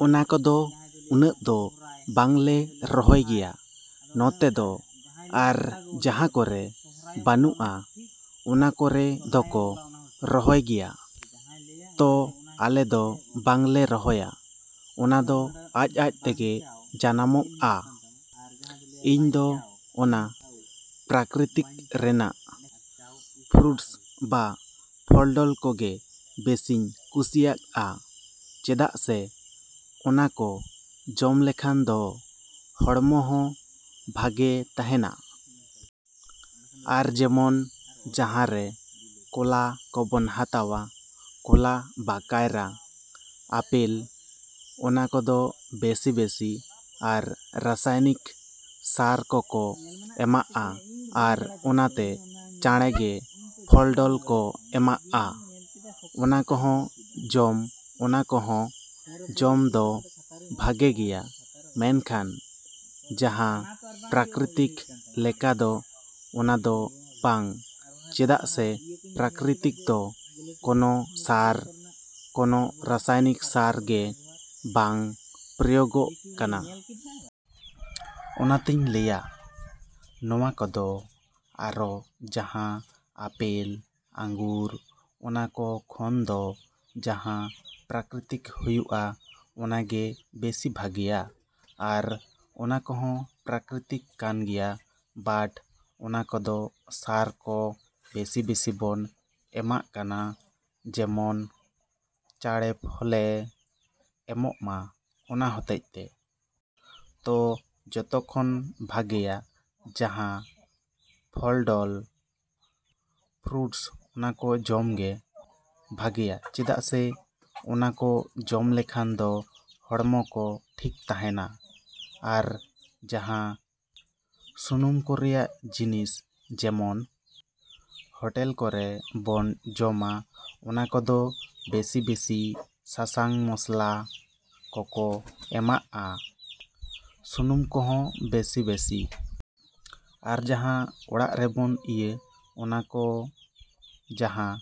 ᱚᱱᱟ ᱠᱚᱫᱚ ᱩᱱᱟᱹᱜ ᱫᱚ ᱵᱟᱝ ᱞᱮ ᱨᱚᱦᱚᱭ ᱜᱮᱭᱟ ᱱᱚᱛᱮ ᱫᱚ ᱟᱨ ᱡᱟᱦᱟᱸ ᱠᱚᱨᱮ ᱵᱟᱹᱱᱩᱜᱼᱟ ᱚᱱᱟ ᱠᱚᱨᱮ ᱫᱚᱠᱚ ᱨᱚᱦᱚᱭ ᱜᱮᱭᱟ᱾ ᱛᱚ ᱟᱞᱮ ᱫᱚ ᱵᱟᱝ ᱞᱮ ᱨᱚᱦᱚᱭᱟ, ᱚᱱᱟ ᱫᱚ ᱟᱡᱼᱟᱡ ᱛᱮᱜᱮ ᱡᱟᱱᱟᱢᱚᱜᱼᱟ᱾ ᱤᱧ ᱫᱚ ᱚᱱᱟ ᱯᱨᱟᱠᱨᱤᱛᱤᱠ ᱨᱮᱱᱟᱜ ᱯᱷᱨᱩᱴᱥ ᱵᱟ ᱯᱷᱚᱞᱼᱰᱚᱞ ᱠᱚᱜᱮ ᱵᱮᱥᱤᱧ ᱠᱩᱥᱤᱭᱟᱜᱼᱟ ᱪᱮᱫᱟᱜ ᱥᱮ ᱚᱱᱟ ᱠᱚ ᱡᱚᱢ ᱞᱮᱠᱷᱟᱱ ᱫᱚ ᱦᱚᱲᱢᱚ ᱦᱚᱸ ᱵᱷᱟᱜᱮ ᱛᱟᱦᱮᱱᱟ᱾ ᱟᱨ ᱡᱮᱢᱚᱱ ᱵᱟᱡᱟᱨ ᱨᱮ ᱠᱚᱞᱟ ᱠᱚ ᱵᱚᱱ ᱦᱟᱛᱟᱣᱟ, ᱠᱚᱞᱟ ᱵᱟ ᱠᱟᱭᱨᱟ, ᱟᱯᱮᱞ ᱚᱱᱟ ᱠᱚᱫᱚ ᱵᱮᱥᱤᱼᱵᱮᱥᱤ ᱟᱨ ᱨᱟᱥᱟᱭᱱᱤᱠ ᱥᱟᱨ ᱠᱚᱠᱚ ᱮᱢᱟᱜᱼᱟ ᱟᱨ ᱚᱱᱟᱛᱮ ᱪᱟᱬᱮ ᱜᱮ ᱯᱷᱚᱞᱼᱰᱚᱞ ᱠᱚ ᱮᱢᱟᱜᱼᱟ᱾ ᱚᱱᱟ ᱠᱚᱦᱚᱸ ᱡᱚᱢ ᱚᱱᱟ ᱠᱚᱦᱚᱸ ᱡᱚᱢ ᱫᱚ ᱵᱷᱟᱜᱮ ᱜᱮᱭᱟ ᱢᱮᱱᱠᱷᱟᱱ ᱡᱟᱦᱟᱸ ᱯᱨᱟᱠᱨᱤᱛᱤᱠ ᱞᱮᱠᱟ ᱫᱚ ᱚᱱᱟ ᱫᱚ ᱵᱟᱝ ᱪᱮᱫᱟᱜ ᱥᱮ ᱯᱨᱟᱠᱨᱤᱛᱤᱠ ᱫᱚ ᱠᱚᱱᱚ ᱥᱟᱨ, ᱠᱚᱱᱚ ᱨᱟᱥᱟᱭᱱᱤᱠ ᱥᱟᱨ ᱜᱮ ᱵᱟᱝ ᱯᱨᱚᱭᱚᱜᱚᱜ ᱠᱟᱱᱟ᱾ ᱚᱱᱟᱛᱮᱧ ᱞᱟᱹᱭᱟ ᱱᱚᱣᱟ ᱠᱚᱫᱚ ᱟᱨᱚ ᱡᱟᱦᱟᱸ ᱟᱯᱮᱞ, ᱟᱝᱜᱩᱨ ᱚᱱᱟ ᱠᱚ ᱠᱷᱚᱱ ᱫᱚ ᱡᱟᱦᱟᱸ ᱯᱨᱟᱠᱨᱤᱛᱤᱠ ᱦᱩᱭᱩᱜᱼᱟ ᱚᱱᱟ ᱜᱮ ᱵᱮᱥᱤ ᱵᱷᱟᱜᱮᱭᱟ᱾ ᱟᱨ ᱚᱱᱟ ᱠᱚᱦᱚᱸ ᱯᱨᱟᱠᱨᱤᱛᱤᱠ ᱠᱟᱱ ᱜᱮᱭᱟ ᱵᱟᱴ ᱚᱱᱟ ᱠᱚᱫᱚ ᱥᱟᱨ ᱠᱚ ᱵᱮᱥᱤᱼᱵᱮᱥᱤ ᱵᱚᱱ ᱮᱢᱟᱜ ᱠᱟᱱᱟ ᱡᱮᱢᱚᱱ ᱪᱟᱬᱮ ᱯᱷᱚᱞᱮ ᱮᱢᱚᱜ ᱢᱟ ᱚᱱᱟ ᱦᱚᱛᱮᱡ ᱛᱮ᱾ ᱛᱚ ᱡᱚᱛᱚ ᱠᱷᱚᱱ ᱵᱷᱟᱜᱮᱭᱟ ᱡᱟᱦᱟᱸ ᱯᱷᱚᱞᱼᱰᱚᱞ, ᱯᱷᱨᱩᱴᱥ ᱚᱱᱟ ᱠᱚ ᱡᱚᱢ ᱜᱮ ᱵᱷᱟᱜᱮᱭᱟ ᱪᱮᱫᱟᱜ ᱥᱮ ᱚᱱᱟ ᱠᱚ ᱡᱚᱢ ᱞᱮᱠᱷᱟᱱ ᱫᱚ ᱦᱚᱲᱢᱚ ᱠᱚ ᱴᱷᱤᱠ ᱛᱟᱦᱮᱱᱟ᱾ ᱟᱨ ᱡᱟᱦᱟᱸ ᱥᱩᱱᱩᱢ ᱠᱚ ᱨᱮᱱᱟᱜ ᱡᱤᱱᱤᱥ ᱡᱮᱢᱚᱱ ᱦᱚᱴᱮᱞ ᱠᱚᱨᱮ ᱵᱚᱱ ᱡᱚᱢᱟ ᱚᱱᱟ ᱠᱚᱫᱚ ᱵᱮᱥᱤᱼᱵᱮᱥᱤ ᱥᱟᱥᱟᱝ ᱢᱚᱥᱞᱟ ᱠᱚᱠᱚ ᱮᱢᱟᱜᱼᱟ, ᱥᱩᱱᱩᱢ ᱠᱚᱦᱚᱸ ᱵᱮᱥᱤᱼᱵᱮᱥᱤ᱾ ᱟᱨ ᱡᱟᱦᱟᱸ ᱚᱲᱟᱜ ᱨᱮ ᱵᱚᱱ ᱤᱭᱟᱹ ᱚᱱᱟ ᱠᱚ ᱡᱟᱦᱟᱸ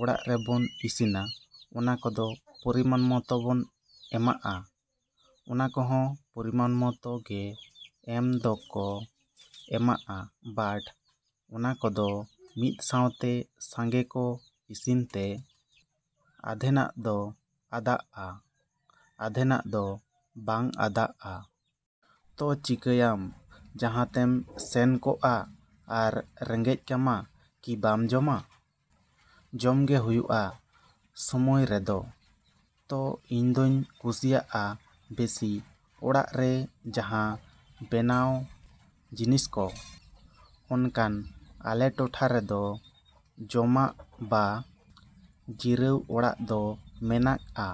ᱚᱲᱟᱜ ᱨᱮ ᱵᱚᱱ ᱤᱥᱤᱱᱟ ᱚᱱᱟ ᱠᱚᱫᱚ ᱯᱚᱨᱤᱢᱟᱱ ᱢᱚᱛᱚ ᱵᱚᱱ ᱮᱢᱟᱜᱼᱟ᱾ ᱚᱱᱟ ᱠᱚᱦᱚᱸ ᱯᱚᱨᱤᱢᱟᱱ ᱢᱚᱛᱚ ᱜᱮ ᱮᱢ ᱫᱚᱠᱚ ᱮᱢᱟᱜᱼᱟ ᱵᱟᱴ ᱚᱱᱟ ᱠᱚᱫᱚ ᱢᱤᱫ ᱥᱟᱶᱛᱮ ᱥᱟᱸᱜᱮ ᱠᱚ ᱤᱥᱤᱱ ᱛᱮ ᱟᱫᱷᱮᱱᱟᱜ ᱫᱚ ᱟᱫᱟᱜᱼᱟ, ᱟᱫᱷᱮᱱᱟᱜ ᱫᱚ ᱵᱟᱝ ᱟᱫᱟᱜᱼᱟ᱾ ᱛᱚ ᱪᱤᱠᱟᱭᱟᱢ ᱡᱟᱦᱟᱸ ᱛᱮᱢ ᱥᱮᱱ ᱠᱚᱜᱼᱟ ᱟᱨ ᱨᱮᱸᱜᱮᱡ ᱠᱟᱢᱟ ᱠᱤ ᱵᱟᱢ ᱡᱚᱢᱟ? ᱡᱚᱢ ᱜᱮ ᱦᱩᱭᱩᱜᱼᱟ ᱥᱚᱢᱚᱭ ᱨᱮᱫᱚ᱾ ᱛᱚ ᱤᱧ ᱫᱚᱧ ᱠᱩᱥᱤᱭᱟᱜᱼᱟ ᱵᱮᱥᱤ ᱚᱲᱟᱜ ᱨᱮ ᱡᱟᱦᱟᱸ ᱵᱮᱱᱟᱣ ᱡᱤᱱᱤᱥ ᱠᱚ᱾ ᱚᱱᱠᱟᱱ ᱟᱞᱮ ᱴᱚᱴᱷᱟ ᱨᱮᱫᱚ ᱡᱚᱢᱟᱜ ᱵᱟ ᱡᱤᱨᱟᱹᱣ ᱚᱲᱟᱜ ᱫᱚ ᱢᱮᱱᱟᱜᱼᱟ᱾